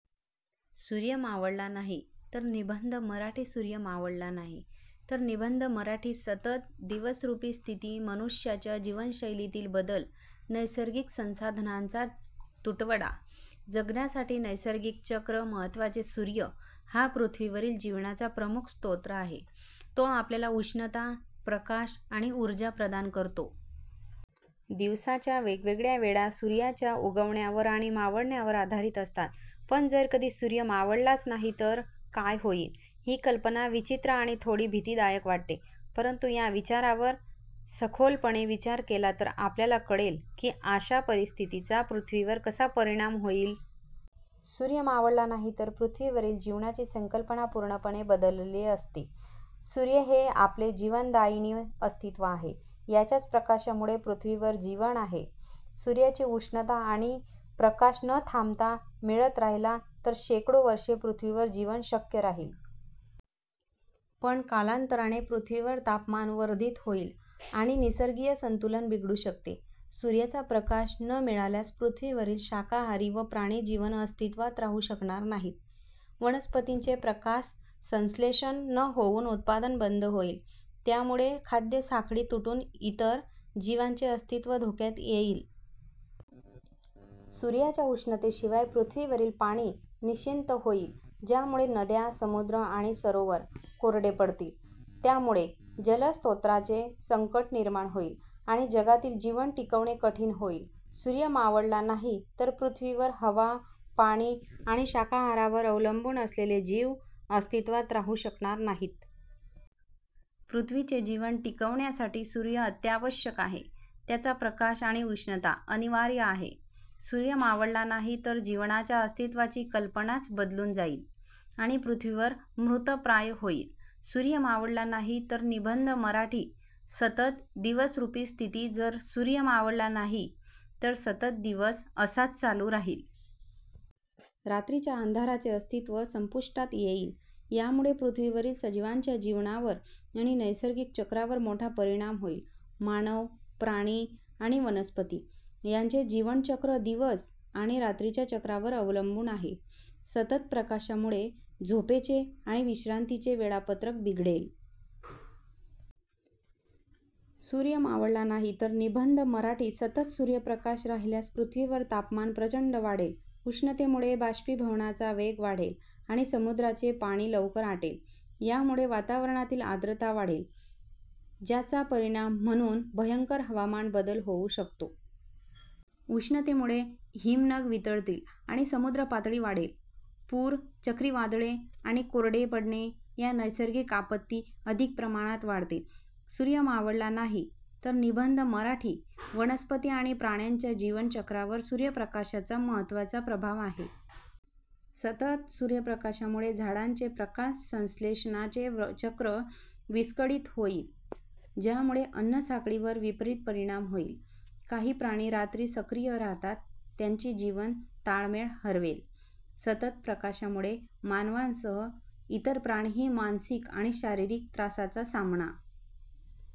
सूर्य मावळला नाही तर निबंध मराठी सूर्य मावळला नाही तर निबंध मराठी सतत दिवसरूपी स्थिती मनुष्याच्या जीवनशैलीतील बदल नैसर्गिक संसाधनांचा तुटवडा जगण्यासाठी नैसर्गिक चक्र महत्त्वाचे सूर्य हा पृथ्वीवरील जीवनाचा प्रमुख स्रोत आहे. तो आपल्याला उष्णता, प्रकाश आणि ऊर्जा प्रदान करतो. दिवसाच्या वेगवेगळ्या वेळा सूर्याच्या उगवण्यावर आणि मावळण्यावर आधारित असतात. पण जर कधी सूर्य मावळलाच नाही, तर काय होईल? ही कल्पना विचित्र आणि थोडी भीतीदायक वाटते. परंतु या विचारावर सखोलपणे विचार केला तर आपल्याला कळेल की अशा परिस्थितीचा पृथ्वीवर कसा परिणाम होईल. सूर्य मावळला नाही तर पृथ्वीवरील जीवनाची संकल्पना पूर्णपणे बदलली असती. सूर्य हे आपले जीवनदायिनी अस्तित्व आहे. त्याच्याच प्रकाशामुळे पृथ्वीवर जीवन आहे. सूर्याची उष्णता आणि प्रकाश न थांबता मिळत राहिला तर शेकडो वर्षे पृथ्वीवर जीवन शक्य राहील. पण कालांतराने पृथ्वीवर तापमान वर्धित होईल आणि निसर्गीय संतुलन बिघडू शकते. सूर्याचा प्रकाश न मिळाल्यास पृथ्वीवरील शाकाहारी व प्राणी जीवन अस्तित्वात राहू शकणार नाही. वनस्पतींचे प्रकाशसंश्लेषण न होऊन उत्पादन बंद होईल. त्यामुळे खाद्य साखळी तुटून इतर जीवांचे अस्तित्व धोक्यात येईल. सूर्याच्या उष्णतेशिवाय पृथ्वीवरील पाणी निःशीत होईल, ज्यामुळे नद्या, समुद्र आणि सरोवर कोरडे पडतील. त्यामुळे जलस्रोतांचे संकट निर्माण होईल, आणि जगातील जीवन टिकवणे कठीण होईल. सूर्य मावळला नाही तर पृथ्वीवर हवा, पाणी आणि शाकाहारावर अवलंबून असलेले जीव अस्तित्वात राहू शकणार नाहीत. पृथ्वीचे जीवन टिकवण्यासाठी सूर्य अत्यावश्यक आहे. त्याचा प्रकाश आणि उष्णता अनिवार्य आहे. सूर्य मावळला नाही तर जीवनाच्या अस्तित्वाची कल्पनाच बदलून जाईल आणि पृथ्वीवर मृतप्राय होईल. सूर्य मावळला नाही तर निबंध मराठी सतत दिवसरूपी स्थिती जर सूर्य मावळला नाही, तर सतत दिवस असाच चालू राहील. रात्रीच्या अंधाराचे अस्तित्व संपुष्टात येईल. यामुळे पृथ्वीवरील सजीवांच्या जीवनावर आणि नैसर्गिक चक्रावर मोठा परिणाम होईल. मानव, प्राणी आणि वनस्पती यांचे जीवन चक्र दिवस आणि रात्रीच्या चक्रावर अवलंबून आहे. सतत प्रकाशामुळे झोपेचे आणि विश्रांतीचे वेळापत्रक बिघडेल. सूर्य मावळला नाही तर निबंध मराठी सतत सूर्यप्रकाश राहिल्यास पृथ्वीवरील तापमान प्रचंड वाढेल. उष्णतेमुळे बाष्पीभवनाचा वेग वाढेल आणि समुद्रांचे पाणी लवकर आटेल. यामुळे वातावरणातील आर्द्रता वाढेल, ज्याचा परिणाम म्हणून भयंकर हवामान बदल होऊ शकतो. उष्णतेमुळे हिमनग वितळतील आणि समुद्र पातळी वाढेल. पूर, चक्रीवादळे आणि कोरडे पडणे या नैसर्गिक आपत्ती अधिक प्रमाणात वाढतील. सूर्य मावळला नाही तर निबंध मराठी वनस्पती आणि प्राण्यांच्या जीवन चक्रावर सूर्यप्रकाशाचा महत्त्वाचा प्रभाव आहे. सतत सूर्यप्रकाशामुळे झाडांचे प्रकाशसंश्लेषणाचे चक्र विस्कळीत होईल, ज्यामुळे अन्नसाखळीवर विपरीत परिणाम होईल. काही प्राणी रात्री सक्रिय राहतात, त्यांचे जीवन ताळमेळ हरवेल. सतत प्रकाशामुळे मानवांसह इतर प्राणीही मानसिक आणि शारीरिक त्रासाचा सामना